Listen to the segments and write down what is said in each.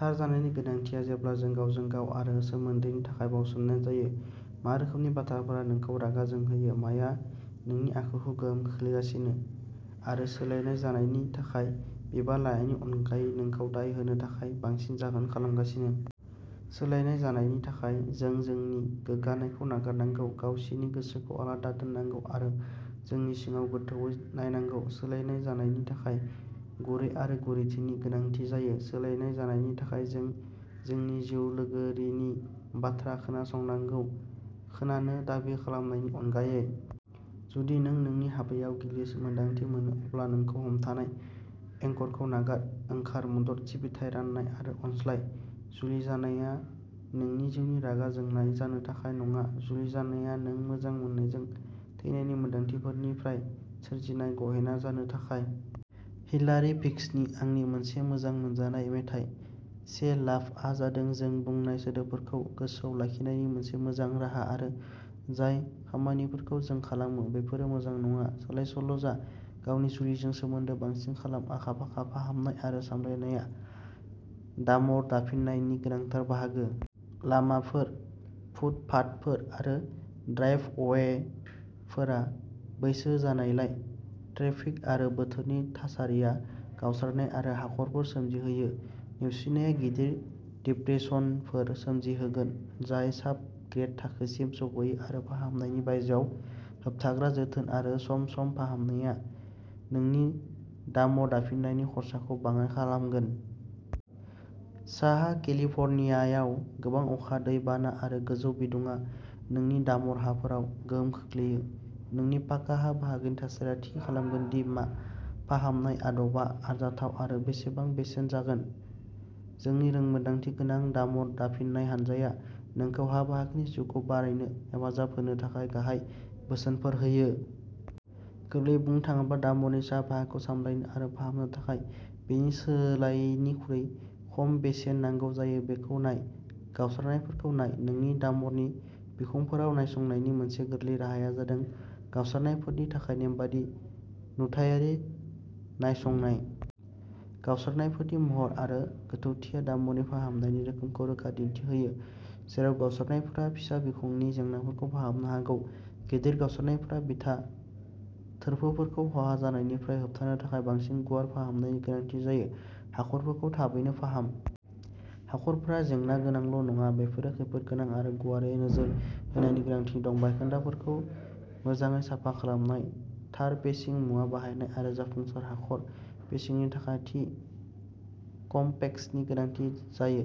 थार जानायनि गोनांथिया जेब्ला जों गावजों गाव आरो सोमोन्दोनि थाखाय बावसोमनाय जायो। मा रोखोमनि बाथ्राफोरा नोंखौ रागा जोंहोयो? माया नोंनि आखुखौ गोहोम खोख्लैगासिनो आरो सोलायनाय जानायनि थाखाय बिबान लानायनि अनगायै नोंखौ दाय होनो थाखाय बांसिन जाहोन खालामगासिनो? सोलायनाय जानायनि थाखाय जों जोंनि गोग्गानायखौ नागारनांगौ, गावसिनि गोसोखौ आलादा दोननांगौ आरो जोंनि सिङाव गोथौवै नायनांगौ। सोलायनाय जानायनि थाखाय गुरै आरो गुरैथिनि गोनांथि जायो। सोलायनाय जानायनि थाखाय जों जोंनि जिउ लोगोरिनि बाथ्रा खोनासंनांगौ, खोनानो दाबि खालामनायनि अनगायै। जुदि नों नोंनि हाबायाव गिलिर मोन्दांथि मोनो, अब्ला नोंखौ हमथानाय एंकरखौ नागार। ओंखार, मदद, सिबिथाइ, रानलाय आरो अनज्लाय। जुलि जानाया नोंनि जिउनि रागा जोंनाय जानो थाखाय नङा। जुलि जानाया नों मोजां मोननायजों थैनायनि मोनदांथिफोरनिफ्राय सोरजिनाय गहेना जानो थाखाय। हिलारी भिक्सनि आंनि मोनसे मोजां मोनजानाय मेथाइ "से लाभ" आ जादों जों बुंनाय सोदोबफोरखौ गोसोआव लाखिनायनि मोनसे मोजां राहा, आरो जाय खामानिफोरखौ जों खालामो, बेफोरो मोजां नङा। सोलायसोल' जा गावनि जुलिजों लोगोसे बांसिन खालाम आखा-फाखा फाहामनाय आरो सामलायनाया डामर दाफिननायनि गोनांथार बाहागो। लामाफोर, फुटपाथफोर आरो ड्राइभअवेफोरा बैसो जानायलाय, ट्रेफिक आरो बोथोरनि थासारिया गावस्रानाय आरो हाखरफोर सोमजिहोयो। नेवसिनाया गिदिर डिप्रेसनफोर सोमजिहोगोन जाय साब-ग्रेड थाखोसिम सौहैयो आरो फाहामनायनि बायजोआव। होबथाग्रा जोथोन आरो सम-सम फाहामनाया नोंनि डामर दाफिननायनि खरसाखौ बाङाय खालामगोन। साहा केलिफर्नियायाव गोबां अखा, दै बाना आरो गोजौ बिदुङा नोंनि डामर हाफोराव गोहोम खोख्लैयो। नोंनि पाका हा बाहागोनि थासारिया थि खालामगोन दि मा फाहामनाय आदबा आरजाथाव आरो बेसेबां बेसेन जागोन। जोंनि रोंमोनदांथि गोनां डामर दाफिननाय हानजाया नोंखौ हा बाहागोनि जिउखौ बारायनो हेफाजाब होनो थाखाय गाहाय बोसोनफोर होयो। गोरलैयै बुंनो थाङोब्ला, डामरनि सा बाहागोखौ सामलायनो आरो फाहामनो थाखाय बेनि सोलायनिख्रुइ खम बेसेन नांगौ जायो। बेखौ नाय। गावस्रानायफोरखौ नाय। नोंनि डामरनि बिखंफोराव नायसंनायनि मोनसे गोरलै राहाया जादों गावस्रानायफोरनि थाखाय नेमबादि नुथायारि नायसंनाय। गावस्रानायफोरनि महर आरो गोथौथिया डामरनि फाहामनायनि रोखोमखौ रोखा दिन्थि होयो, जेराव गावस्रानायफोरा फिसा बिखंनि जेंनाफोरखौ फाहामनो हागौ, गिदिर गावस्रानायफोरा बिथा थोरफोफोरखौ खहा जानायनिफ्राय होबथानो थाखाय बांसिन गुवार फाहामनायनि गोनांथि जायो। हाखरफोरखौ थाबैनो फाहाम। हाखरफोरा जेंना गोनांल' नङा बेफोरो खैफोदगोनां आरो गुवारै नोजोर होनायनि गोनांथि दं। बायखोन्दाफोरखौ मोजाङै साफा खालामनाय, थार पेचिं मुवा बाहायनाय आरो जाफुंसार हाखर पेचिंनि थाखाय थि कमपेक्सननि गोनांथि जायो।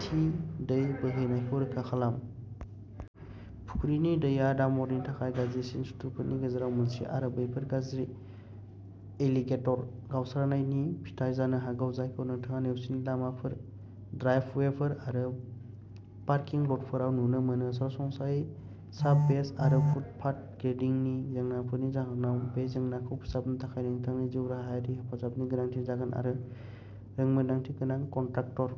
थि दै बोहैनायखौ रोखा खालाम। फुख्रिनि दैया डामरनि थाखाय गाज्रिसिन सुथुरफोरनि गेजेराव मोनसे आरो बैफोर गाज्रि'एलिगेटर गावस्रानाय'नि फिथाय जानो हागौ जायखौ नोंथाङा नेवसिनाय लामाफोर, ड्राइभवेफोर आरो पार्किं ल'टफोराव नुनो मोनो। सरासनस्रायै साब-बेस आरो फुटपाथ ग्रेडिंनि जेंनाफोरनि जाहोनाव, बे जेंनाखौ फोसाबनो थाखाय नोंथांनो जिउराहायारि हेफाजाबनि गोनांथि जागोन। सासे रोंमोनदांथि गोनां कन्ट्राक्टर।